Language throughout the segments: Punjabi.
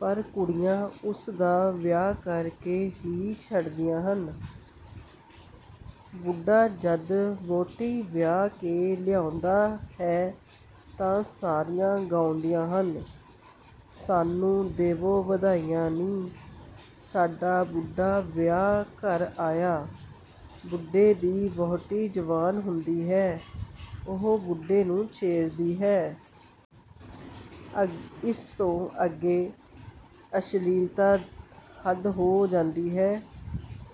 ਪਰ ਕੁੜੀਆਂ ਉਸ ਦਾ ਵਿਆਹ ਕਰ ਕੇ ਹੀ ਛੱਡਦੀਆਂ ਹਨ। ਬੁੱਢਾ ਜਦ ਵਹੁਟੀ ਵਿਆਹ ਕੇ ਲਿਆਉਂਦਾ ਹੈ ਤਾਂ ਸਾਰੀਆਂ ਗਾਉਂਦੀਆਂ ਹਨ: ਸਾਨੂੰ ਦੇਵੋ ਵਧਾਈਆਂ ਨੀ, ਸਾਡਾ ਬੁੱਢਾ ਵਿਆਹ ਘਰ ਆਇਆ। ਬੁੱਢੇ ਦੀ ਵਹੁਟੀ ਜਵਾਨ ਹੁੰਦੀ ਹੈ, ਉਹ ਬੁੱਢੇ ਨੂੰ ਛੇੜਦੀ ਹੈ। ਇਸ ਤੋਂ ਅੱਗੇ ਅਸ਼ਲੀਲਤਾ ਹੱਦ ਹੋ ਜਾਂਦੀ ਹੈ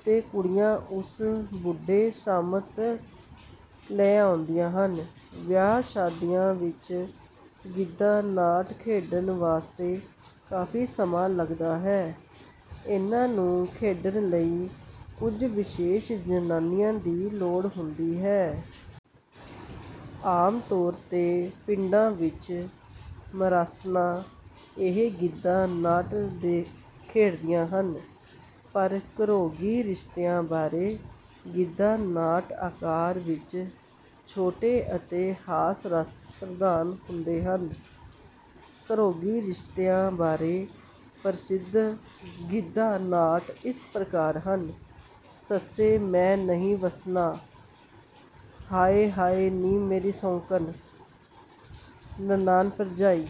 ਤੇ ਕੁੜੀਆਂ ਉਸ ਬੁੱਢੇ ਸ਼ਾਮਤ ਲੈ ਆਉਂਦੀਆਂ ਹਨ। ਵਿਆਹ ਸ਼ਾਦੀਆਂ ਵਿੱਚ ਗਿੱਧਾ ਨਾਟ ਖੇਡਣ ਵਾਸਤੇ ਕਾਫ਼ੀ ਸਮਾਂ ਲੱਗਦਾ ਹੈ। ਇਨ੍ਹਾਂ ਨੂੰ ਖੇਡਣ ਲਈ ਕਈ ਕੁੱਝ ਵਿਸ਼ੇਸ਼ ਜ਼ਨਾਨੀਆਂ ਦੀ ਲੋੜ ਹੁੰਦੀ ਹੈ। ਆਮ ਤੌਰ ਤੇ ਪਿੰਡਾਂ ਵਿੱਚ ਮਰਾਸਣਾਂ ਇਹ ਗਿੱਧਾ ਨਾਟ ਖੇਡਦੀਆਂ ਹਨ। ਪਰ ਘਰੋਗੀ ਰਿਸ਼ਤਿਆਂ ਬਾਰੇ ਗਿੱਧਾ ਨਾਟ ਆਕਾਰ ਵਿੱਚ ਛੋਟੇ ਅਤੇ ਹਾਸ-ਰਸ ਪ੍ਰਧਾਨ ਹੁੰਦੇ ਹਨ। ਘਰੋਗੀ ਰਿਸ਼ਤਿਆਂ ਬਾਰੇ ਪ੍ਰਸਿੱਧ ਗਿੱਧਾ ਨਾਟ ਇਸ ਪ੍ਰਕਾਰ ਹਨ: ਸੱਸੇ ਮੈਂ ਨਹੀਂ ਵੱਸਣਾ, ਹਾਏ ਹਾਏ ਨੀ ਮੇਰੀ ਸੌਂਕਣ, ਨਨਾਣ ਭਰਜਾਈ।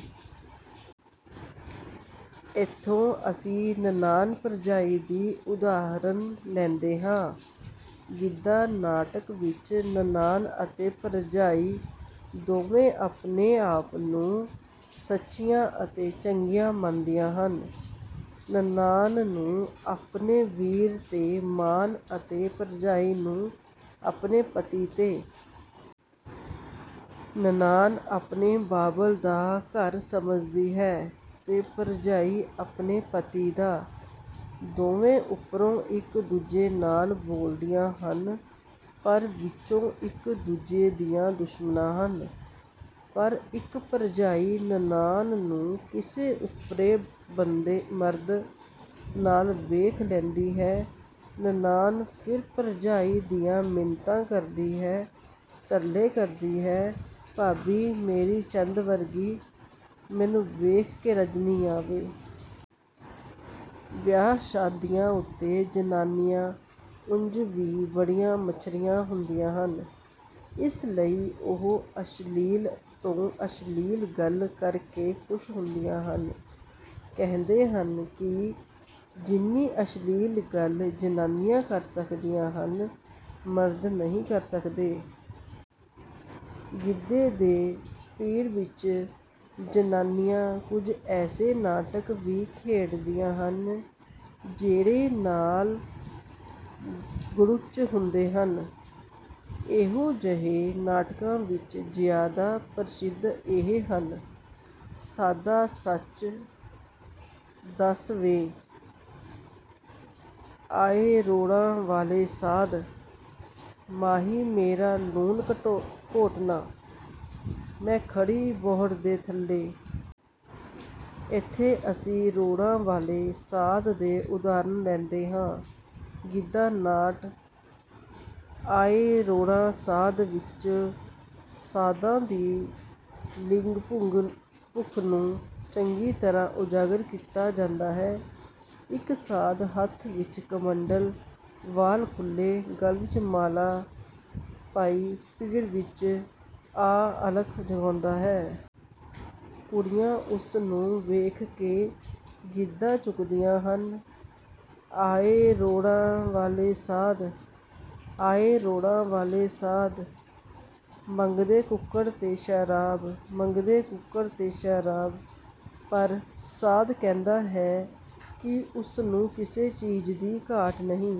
ਇੱਥੋਂ ਅਸੀਂ ਨਨਾਣ ਭਰਜਾਈ ਦੀ ਉਦਾਹਰਨ ਲੈਂਦੇ ਹਾਂ। ਗਿੱਧਾ ਨਾਟਕ ਵਿੱਚ ਨਨਾਣ ਅਤੇ ਭਰਜਾਈ ਦੋਵੇਂ ਆਪਣੇ ਆਪ ਨੂੰ ਸੱਚੀਆਂ ਅਤੇ ਚੰਗੀਆਂ ਮੰਨਦੀਆਂ ਹਨ। ਨਨਾਣ ਨੂੰ ਆਪਣੇ ਵੀਰ ਤੇ ਮਾਣ ਅਤੇ ਭਰਜਾਈ ਨੂੰ ਆਪਣੇ ਪਤੀ ਤੇ। ਨਨਾਣ ਆਪਣੇ ਬਾਬਲ ਦਾ ਘਰ ਸਮਝਦੀ ਹੈ ਤੇ ਭਰਜਾਈ ਆਪਣੇ ਪਤੀ ਦਾ। ਦੋਵੇਂ ਉੱਪਰੋਂ ਇੱਕ ਦੂਜੇ ਨਾਲ ਬੋਲਦੀਆਂ ਹਨ ਪਰ ਵਿੱਚੋਂ ਇੱਕ ਦੂਜੇ ਦੀਆਂ ਦੁਸ਼ਮਣਾਂ ਹਨ। ਪਰ ਇੱਕ ਭਰਜਾਈ ਨਨਾਣ ਨੂੰ ਕਿਸੇ ਓਪਰੇ ਮਰਦ ਨਾਲ ਵੇਖ ਲੈਂਦੀ ਹੈ, ਨਨਾਣ ਫਿਰ ਭਰਜਾਈ ਦੀਆਂ ਮਿੰਨਤਾਂ ਕਰਦੀ ਹੈ, ਤਰਲੇ ਕਰਦੀ ਹੈ: ਭਾਬੀ ਮੇਰੀ ਚੰਦ ਵਰਗੀ, ਮੈਨੂੰ ਵੇਖ ਕੇ ਰੱਜ ਨੀ ਆਵੇ। ਵਿਆਹ ਸ਼ਾਦੀਆਂ ਉੱਤੇ ਜ਼ਨਾਨੀਆਂ ਉਂਞ ਵੀ ਬੜੀਆਂ ਮੱਛਰੀਆਂ ਹੁੰਦੀਆਂ ਹਨ। ਇਸ ਲਈ ਉਹ ਅਸ਼ਲੀਲ ਤੋਂ ਅਸ਼ਲੀਲ ਗੱਲ ਕਰ ਕੇ ਖ਼ੁਸ਼ ਹੁੰਦੀਆਂ ਹਨ। ਕਹਿੰਦੇ ਹਨ ਕਿ ਜਿੰਨੀ ਅਸ਼ਲੀਲ ਗੱਲ ਜ਼ਨਾਨੀਆਂ ਕਰ ਸਕਦੀਆਂ ਹਨ, ਮਰਦ ਨਹੀਂ ਕਰ ਸਕਦੇ। ਗਿੱਧੇ ਦੇ ਪਿੜ ਵਿੱਚ ਜ਼ਨਾਨੀਆਂ ਕੁੱਝ ਐਸੇ ਨਾਟਕ ਵੀ ਖੇਡਦੀਆਂ ਹਨ ਜਿਹੜੇ ਨਾਲ ਗੜੁੱਚ ਹੁੰਦੇ ਹਨ। ਇਹੋ ਜਿਹੇ ਨਾਟਕਾਂ ਵਿੱਚ ਜ਼ਿਆਦਾ ਪ੍ਰਸਿੱਧ ਇਹ ਹਨ: ਸਾਧਾ ਸੱਚ ਦੱਸ ਵੇ, ਆਏ ਰੋੜਾਂ ਵਾਲੇ ਸਾਧ, ਮਾਹੀ ਮੇਰਾ ਲੂਣ ਘੋਟਣਾ, ਮੈਂ ਖੜੀ ਬੋਹੜ ਦੇ ਥੱਲੇ। ਇੱਥੇ ਅਸੀਂ ਰੋੜਾਂ ਵਾਲੇ ਸਾਧ ਦੇ ਉਦਾਹਰਨ ਲੈਂਦੇ ਹਾਂ। ਗਿੱਧਾ ਨਾਟ 'ਆਏ ਰੋੜਾਂ ਸਾਧ ਵਿੱਚ' ਸਾਧਾਂ ਦੀ ਲਿੰਗ ਭੁੱਖ ਨੂੰ ਚੰਗੀ ਤਰ੍ਹਾਂ ਉਜਾਗਰ ਕੀਤਾ ਜਾਂਦਾ ਹੈ। ਇੱਕ ਸਾਧ ਹੱਥ ਵਿੱਚ ਕਮੰਡਲ, ਵਾਲ ਖੁੱਲ੍ਹੇ, ਗਲ ਵਿੱਚ ਮਾਲਾ ਪਾਈ ਪਿੜ ਵਿੱਚ ਆ ਅਲਖ ਜਗਾਉਂਦਾ ਹੈ। ਕੁੜੀਆਂ ਉਸ ਨੂੰ ਵੇਖ ਕੇ ਗਿੱਧਾ ਚੁੱਕਦੀਆਂ ਹਨ: ਆਏ ਰੋੜਾਂ ਵਾਲੇ ਸਾਧ, ਆਏ ਰੋੜਾਂ ਵਾਲੇ ਸਾਧ, ਮੰਗਦੇ ਕੁੱਕੜ ਤੇ ਸ਼ਰਾਬ, ਮੰਗਦੇ ਕੁੱਕੜ ਤੇ ਸ਼ਰਾਬ। ਪਰ ਸਾਧ ਕਹਿੰਦਾ ਹੈ ਕਿ ਉਸ ਨੂੰ ਕਿਸੇ ਚੀਜ਼ ਦੀ ਘਾਟ ਨਹੀਂ।